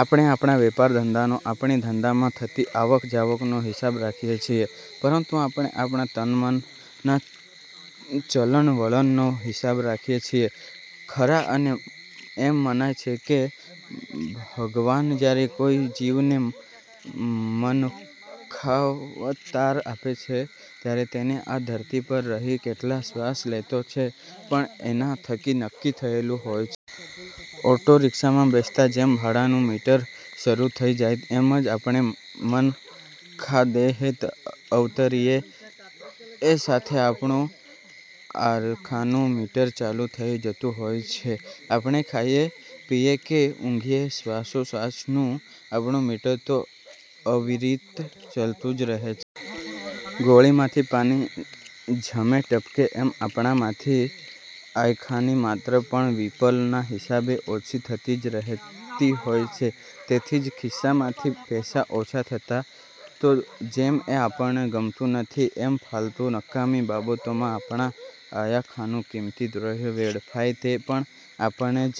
આપણે આપણા વેપારધંધાનો આપણી ધંધામાં થતી આવક-જાવકનો હિસાબ રાખીએ છીએ પરંતુ આપણે આપણા તન-મનના ચલણ-વલણનો હિસાબ રાખીએ છીએ ખરા? એમ મનાય છે કે ભગવાન જ્યારે કોઈ જીવને મનખાવતાર આપે છે ત્યારે તેને આ ધરતી પર રહી કેટલા શ્વાસ લેતો છે એ પણ એના થકી નક્કી થયેલું હોય છે! ઑટોરિક્ષામાં બેસતાં જેમ ભાડાનું મીટર શરૂ થઈ જાય તેમજ આપણે મનખાદેહે અવતરીએ એ સાથે આપણું આયખાનું મીટર ચાલુ થઈ જતું હોય છે. આપણે ખાઈએ, પીએ કે ઊંઘીએ; શ્વાસોચ્છ્વાસનું આપણું મીટર તો અવિરીત ચલતું જ રહે છે. ગોળીમાંથી પાણી ઝમે-ટપકે એમ આપણામાંથી આયખાની માત્રા પલ-વિપલના હિસાબે ઓછી થતી જ રહેતી હોય છે. તેથી જ ખિસ્સામાંથી પૈસા ઓછા થતા જેમ એ આપણને ગમતું નથી એમ ફાલતુ નકામી બાબતોમાં આપણા આયખાનું કિંમતી દ્રવ્ય વેડફાય તે પણ આપણને જ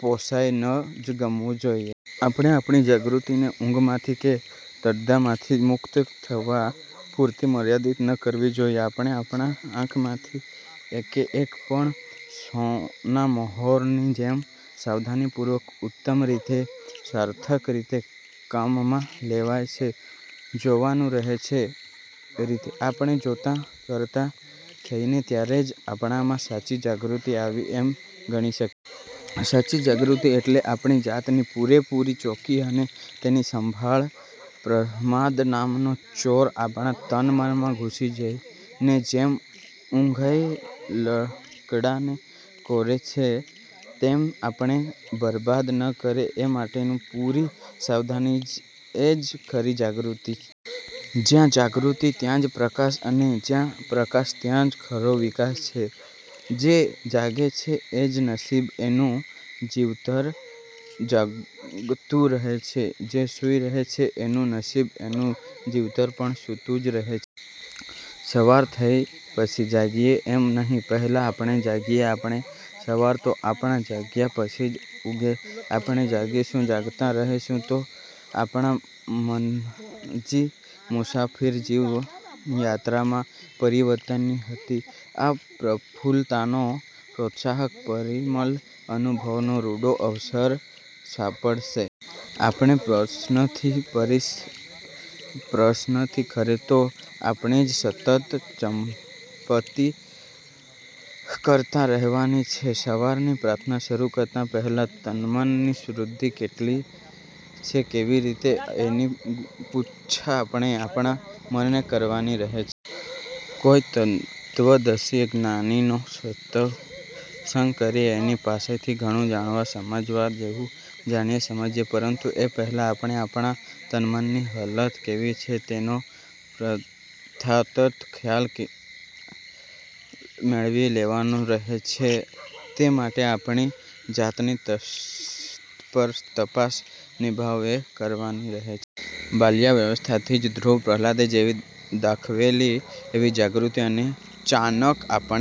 પોષાય ન જ ગમવું જોઈએ. આપણે આપણી જાગૃતિને ઊંઘમાંથી કે તંદ્રામાંથી મુક્ત થવા પૂરતી મર્યાદિત ન કરવી જોઈએ. આપણે આપણા આયખાની એકેએક પળ સોનામહોરની જેમ સાવધાનીપૂર્વક ઉત્તમ રીતે સાર્થક રીતે કામમાં લેવાય એ જોવાનું રહે છે. એ રીતે આપણે જોતા-કરતા થઈએ ત્યારે જ આપણામાં સાચી જાગૃતિ આવી એમ ગણી શકાય. સાચી જાગૃતિ એટલે આપણી જાતની પૂરેપૂરી ચોકી અને તેની સારસંભાળ. પ્રમાદ નામનો ચોર આપણા તન-મનમાં ઘૂસી જઈને, જેમ ઊધઈ લાકડાને કોરે છે તેમ તે આપણને બરબાદ ન કરે એ માટેની પૂરી સાવધાની એ જ ખરી જાગૃતિ. જ્યાં જાગૃતિ ત્યાં જ પ્રકાશ અને જ્યાં પ્રકાશ ત્યાં જ ખરો વિકાસ. જે જાગે છે એનું નસીબ – એનું જીવતર જાગતું રહે છે; જે સૂઈ રહે છે એનું નસીબ – એનું જીવતર પણ સૂતું જ રહે છે. સવાર થાય પછી જાગીએ એમ નહીં; પહેલાં આપણે જાગીએ, આપણી સવાર તો આપણા જાગ્યા પછી જ ઊગે. આપણે જાગીશું – જાગતા રહીશું તો જ આપણા મનજી મુસાફરની જીવનયાત્રામાં પરિવર્તનની નવી હવા, પ્રફુલ્લતાનો પ્રોત્સાહક પરિમલ અનુભવવાનો રૂડો અવસર સાંપડશે. આપણે પ્રશ્નથી – પરિપ્રશ્નથી ખરેખર તો આપણી જ સતત ચાંપતી તપાસ કરતા રહેવાની છે. સવારની પ્રાર્થના શરૂ કરતાં પહેલાં તનમનની શુદ્ધિ કેટલી ને કેવી કરી એ અંગેની પૃચ્છા આપણે આપણા મનને કરવાની રહે છે. કોઈ તત્ત્વદર્શી જ્ઞાનીનો સત્સંગ કરી એની પાસેથી ઘણું જાણવા – સમજવા જેવું જાણીએ – સમજીએ; પરંતુ એ પહેલાં આપણે આપણા તન-મનની હાલત કેવી છે તેનો પણ યથાતથ ખ્યાલ મેળવી લેવાનો રહે છે અને તે માટે આપણી જાતની તરતપાસ નિર્મમભાવે કરવાની રહે છે. બાલ્યાવસ્થાથી જ ધ્રુવ-પ્રહ્લાદે જેવી દાખવેલી એવી જાગૃતિ અને ચાનક આપણે